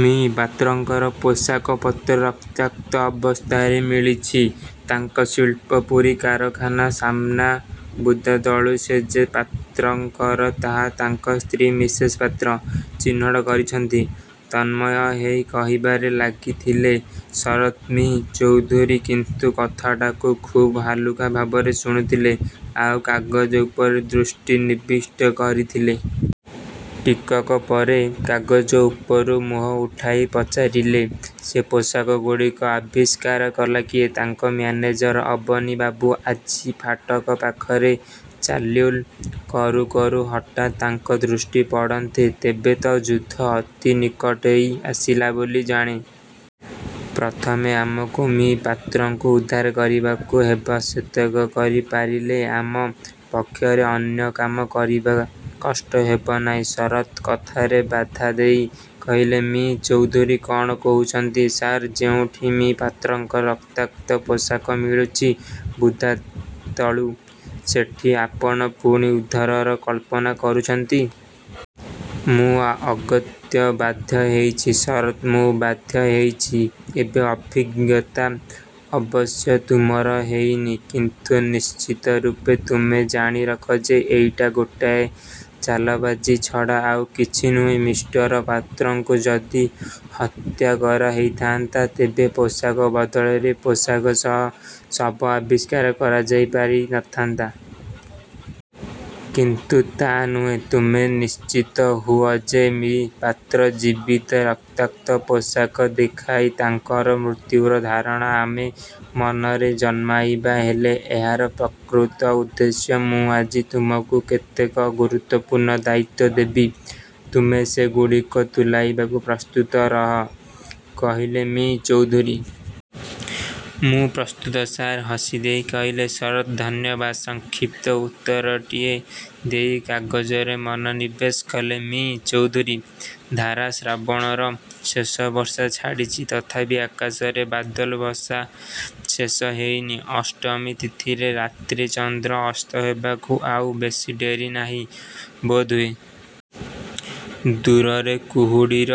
ମି: ପାତ୍ରଙ୍କର ପୋଷାକ ପତ୍ର ରକ୍ତାକ୍ତ ଅବସ୍ଥାରେ ମିଳିଛି, ତାଙ୍କ ଶିଳ୍ପପୁରୀ କାରଖାନା ସାମ୍ନା ବୁଦାତଳୁ। ସେ ଯେ ପାତ୍ରଙ୍କର ତାହା ତାଙ୍କ ସ୍ତ୍ରୀ ମିସେସ୍ ପାତ୍ର ଚିହ୍ନଟ କରିଛନ୍ତି। '' ତନ୍ମୟ ହୋଇ କହିବାରେ ଲାଗିଥିଲେ ଶରତ୍। ମି: ଚୌଧୁରୀ କିନ୍ତୁ କଥାଟାକୁ ଖୁବ୍ ହାଲୁକା ଭାବରେ ଶୁଣୁଥିଲେ ଆଉ କାଗଜ ଉପରେ ଦୃଷ୍ଟି ନିବିଷ୍ଟ କରିଥିଲେ। ଟିକକ ପରେ କାଗଜ ଉପରୁ ମୁହଁ ଉଠାଇ ପଚାରିଲେ, ''ସେ ପୋଷାକଗୁଡ଼ିକ ଆବିଷ୍କାର କଲା କିଏ? '' ''ତାଙ୍କ ମ୍ୟାନେଜର ଅବନୀବାବୁ। ଆଜି ଫାଟକ ପାଖରେ ଚାଲ୍ବୁଲ୍ କରୁ କରୁ ହଠାତ୍ ତାଙ୍କ ଦୃଷ୍ଟିପଡ଼ନ୍ତେ। '' ''ତେବେ ତ ଯୁଦ୍ଧ ଅତି ନିକଟେଇ ଆସିଲା ବୋଲି ଜାଣ। ପ୍ରଥମେ ଆମକୁ ମି: ପାତ୍ରଙ୍କୁ ଉଦ୍ଧାର କରିବାକୁ ହେବ। ସେତକ କରି ପାରିଲେ ଆମ ପକ୍ଷରେ ଅନ୍ୟ କାମ କରିବା କଷ୍ଟ ହେବ ନାହିଁ। '' ଶରତ୍ଙ୍କ କଥାରେ ବାଧାଦେଇ କହିଲେ ମି: ଚୌଧୁରୀ। ''କ'ଣ କହୁଛନ୍ତି ସାର୍? ଯେଉଁଠି ମି: ପାତ୍ରଙ୍କର ରକ୍ତାକ୍ତ ପୋଷାକ ମିଳୁଛି ବୁଦାତଳୁ, ସେଠି ଆପଣ ପୁଣି ଉଦ୍ଧାରର କଳ୍ପନା କରୁଛନ୍ତି? ''ମୁଁ ଅଗତ୍ୟା ବାଧ୍ୟହୋଇଛି ଶରତ୍, ମୁଁ ବାଧ୍ୟହୋଇଛି। ଏବେ ଅଭିଜ୍ଞତା ଅବଶ୍ୟ ତୁମର ହେଇନି; କିନ୍ତୁ ନିଶ୍ଚିତ ରୂପେ ତୁମେ ଜାଣି ରଖ ଯେ, ଏଇଟା ଗୋଟାଏ ଚାଲବାଜି ଛଡ଼ା ଆଉ କିଛି ନୁହେଁ। ମିଷ୍ଟର ପାତ୍ରଙ୍କୁ ଯଦି ହତ୍ୟାକରା ହୋଇଥାନ୍ତା, ତେବେ ପୋଷାକ ବଦଳରେ ପୋଷାକ ସହ ଶବ ଆବିଷ୍କାର କରାଯାଇ ପାରିଥାନ୍ତା। କିନ୍ତୁ ତା' ନୁହେଁ। ତୁମେ ନିଶ୍ଚିତ ହୁଅ ଯେ-ମି: ପାତ୍ର ଜୀବିତ। ରକ୍ତାକ୍ତ ପୋଷାକ ଦେଖାଇ, ତାଙ୍କର ମୃତ୍ୟୁର ଧାରଣା ଆମ ମନରେ ଜନ୍ମାଇବା ହେଲା ଏହାର ପ୍ରକୃତ ଉଦ୍ଦେଶ୍ୟ। ମୁଁ ଆଜି ତୁମକୁ କେତେକ ଗୁରୁତ୍ୱପୂର୍ଣ୍ଣ ଦାୟିତ୍ୱ ଦେବି। ତୁମେ ସେ ଗୁଡ଼ିକୁ ତୁଲାଇବାକୁ ପ୍ରସ୍ତୁତ ରହ''-କହିଲେ ମି: ଚୌଧୁରୀ। ''ମୁଁ ପ୍ରସ୍ତୁତ ସାର୍! '' -ହସିଦେଇ କହିଲେ ଶରତ୍। ''ଧନ୍ୟବାଦ! '' -ସଂକ୍ଷିପ୍ତ ଉତ୍ତରଟିଏ ଦେଇ କାଗଜରେ ମନୋନିବେଶ କଲେ ମି: ଚୌଧୁରୀ। ଧାରା ଶ୍ରାବଣର ଶେଷ। ବର୍ଷା ଛାଡ଼ିଛି, ତଥାପି ଆକାଶରେ ବାଦଲ ଭସା ଶେଷ ହୋଇନି। ଅଷ୍ଟମୀ ତିଥିରେ ରାତ୍ରି; ଚନ୍ଦ୍ର ଅସ୍ତ ହେବାକୁ ଆଉ ବେଶୀ ଡେରି ନାହିଁ ବୋଧହୁଏ। ଦୂରରେ କୁହୁଡ଼ିର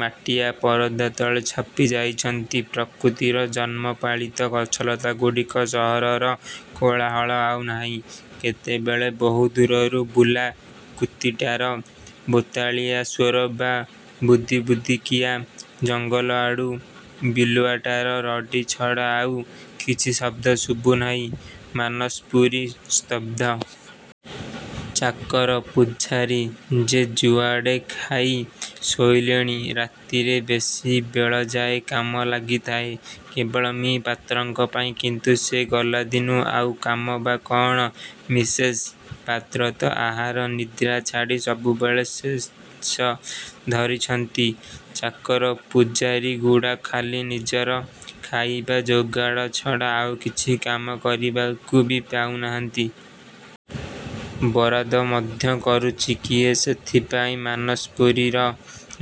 ମାଟିଆ ପରଦା ତଳେ ଛପି ଯାଇଛନ୍ତି ପ୍ରକୃତିର ଯତ୍ନପାଳିତ ଗଛଲତାଗୁଡ଼ିକ। ସହରର କୋଳାହଳ ଆଉ ନାହିଁ। କେତେବେଳେ ବହୁ ଦୂରରୁ ବୁଲା କୁତିଟାର ବେତାଳିଆ ସ୍ୱର ବା ବୁଦିବୁଦିକିଆ ଜଙ୍ଗଲଆଡ଼ୁ ବିଲୁଆଟାର ରଡ଼ି ଛଡ଼ା ଆଉ କିଛି ଶବ୍ଦ ଶୁଭୁ ନାହିଁ-। ମାନସପୁରୀ ସ୍ତବ୍ଧ। ଚାକର ପୁଝାରୀ ଯେ ଯୁଆଡ଼େ ଖାଇ ଶୋଇଲେଣି। ରାତିରେ ବେଶୀ ବେଳଯାଏ କାମ ଲାଗିଥାଏ କେବଳ ମି: ପାତ୍ରଙ୍କ ପାଇଁ। କିନ୍ତୁ ସେ ଗଲାଦିନୁ ଆଉ କାମ ବା କ'ଣ? ମିସେସ୍ ପାତ୍ର ତ ଆହାର ନିଦ୍ରା ଛାଡ଼ି ସବୁବେଳେ ଶେଯ ଧରିଛନ୍ତି। ଚାକର ପୁଝାରୀଗୁଡ଼ା ଖାଲି ନିଜର ଖାଇବା ଯୋଗାଡ଼ ଛଡ଼ା ଆଉ କିଛି କାମ କରିବାକୁ ବି ପାଉନାହାନ୍ତି। ବରାଦ ମଧ୍ୟ କରୁଛି କିଏ? ସେଇଥି ପାଇଁ ମାନସପୁରୀର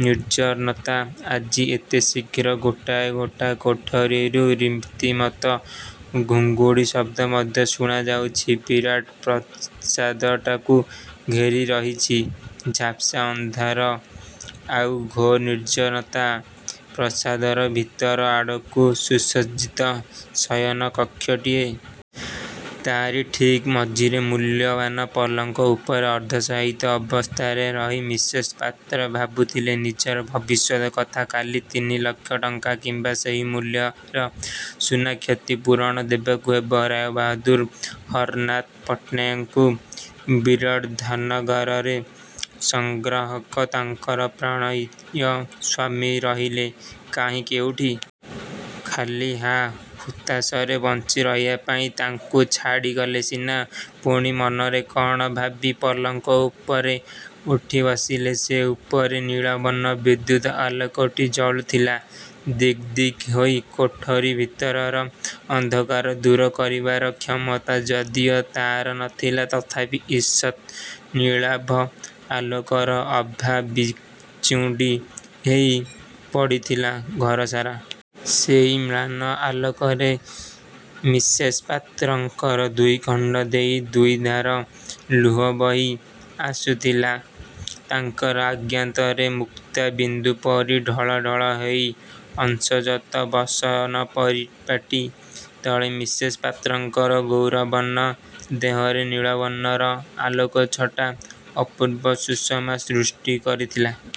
ନିର୍ଜନତା ଆଜି ଏତେ ଶୀଘ୍ର। ଗୋଟାଏ ଗୋଟାଏ କୋଠରୀରୁ ରୀତିମତ ଘୁଙ୍ଗୁଡ଼ି ଶବ୍ଦ ମଧ୍ୟ ଶୁଣାଯାଉଛି। ବିରାଟ ପ୍ରାସାଦଟାକୁ ଘେରି ରହିଛି ଝାପ୍ସା ଅନ୍ଧକାର ଆଉ ଘୋର ନିର୍ଜନତା। ପ୍ରାସାଦର ଭିତର ଆଡ଼ର ସୁସଜ୍ଜିତ ଶୟନ କକ୍ଷଟିଏ। ତା'ରି ଠିକ୍ ମଝିରେ ମୂଲ୍ୟବାନ ପଲଙ୍କ ଉପରେ ଅର୍ଦ୍ଧଶାୟିତ ଅବସ୍ଥାରେ ରହି ମିସେସ୍ ପାତ୍ର ଭାବୁଥିଲେ ନିଜର ଭବିଷ୍ୟତ୍ କଥା-''କାଲି ତିନିଲକ୍ଷ ଟଙ୍କା କିମ୍ବା ସେହି ମୂଲ୍ୟର ସୁନା କ୍ଷତିପୂରଣ ଦେବାକୁ ହେବ ରାୟବାହାଦୂର ହରନାଥ ପଟ୍ଟନାୟକଙ୍କୁ। ବିରାଟ ଧନାଗାରର ସଂଗ୍ରାହକ ତାଙ୍କର ପ୍ରାଣପ୍ରିୟ ସ୍ୱାମୀ ରହିଲେ କାହିଁ କେଉଁଠି? ଖାଲି ହା-ହୁତାଶରେ ବଞ୍ଚିରହିବା ପାଇଁ ତାଙ୍କୁ ଛାଡ଼ିଗଲେ ସିନା! '' ପୁଣି ମନରେ କ'ଣ ଭାବି ପଲଙ୍କ ଉପରେ ଉଠି ବସିଲେ ସେ। ଉପରେ ନୀଳ ବର୍ଣ୍ଣର ବିଦ୍ୟୁତ୍ ଆଲୋକଟି ଜଳୁଥିଲା ଦିକ୍ ଦିକ୍ ହୋଇ। କୋଠରୀ ଭିତରର ଅନ୍ଧକାର ଦୂର କରିବାର କ୍ଷମତା ଯଦିଓ ତା'ର ନ ଥିଲା, ତଥାପି ଇଷତ୍ ନୀଳାଭ ଆଲୋକର ଆଭା ବିଞ୍ଚୁଡ଼ି ହୋଇ ପଡ଼ିଥିଲା ଘରସାରା। ସେଇ ମ୍ଳାନ ଆଲୋକରେ ମିସେସ୍ ପାତ୍ରଙ୍କର ଦୁଇଖଣ୍ଡ ଦେଇ ଦୁଇଧାର ଲୁହ ବହି ଆସୁଥିଲା ତାଙ୍କର ଅଜ୍ଞାତରେ, ମୁକ୍ତା ବିନ୍ଦୁପରି ଢଳ ଢଳ ହୋଇ। ଅସଂଯତ ବସନ ପରିପାଟି ତଳେ ମିସେସ୍ ପାତ୍ରଙ୍କର ଗୌରବର୍ଣ୍ଣ ଦେହରେ ନୀଳବର୍ଣ୍ଣର ଆଲୋକଛଟା ଅପୂର୍ବ ସୁଷମା ସୃଷ୍ଟି କରିଥିଲା।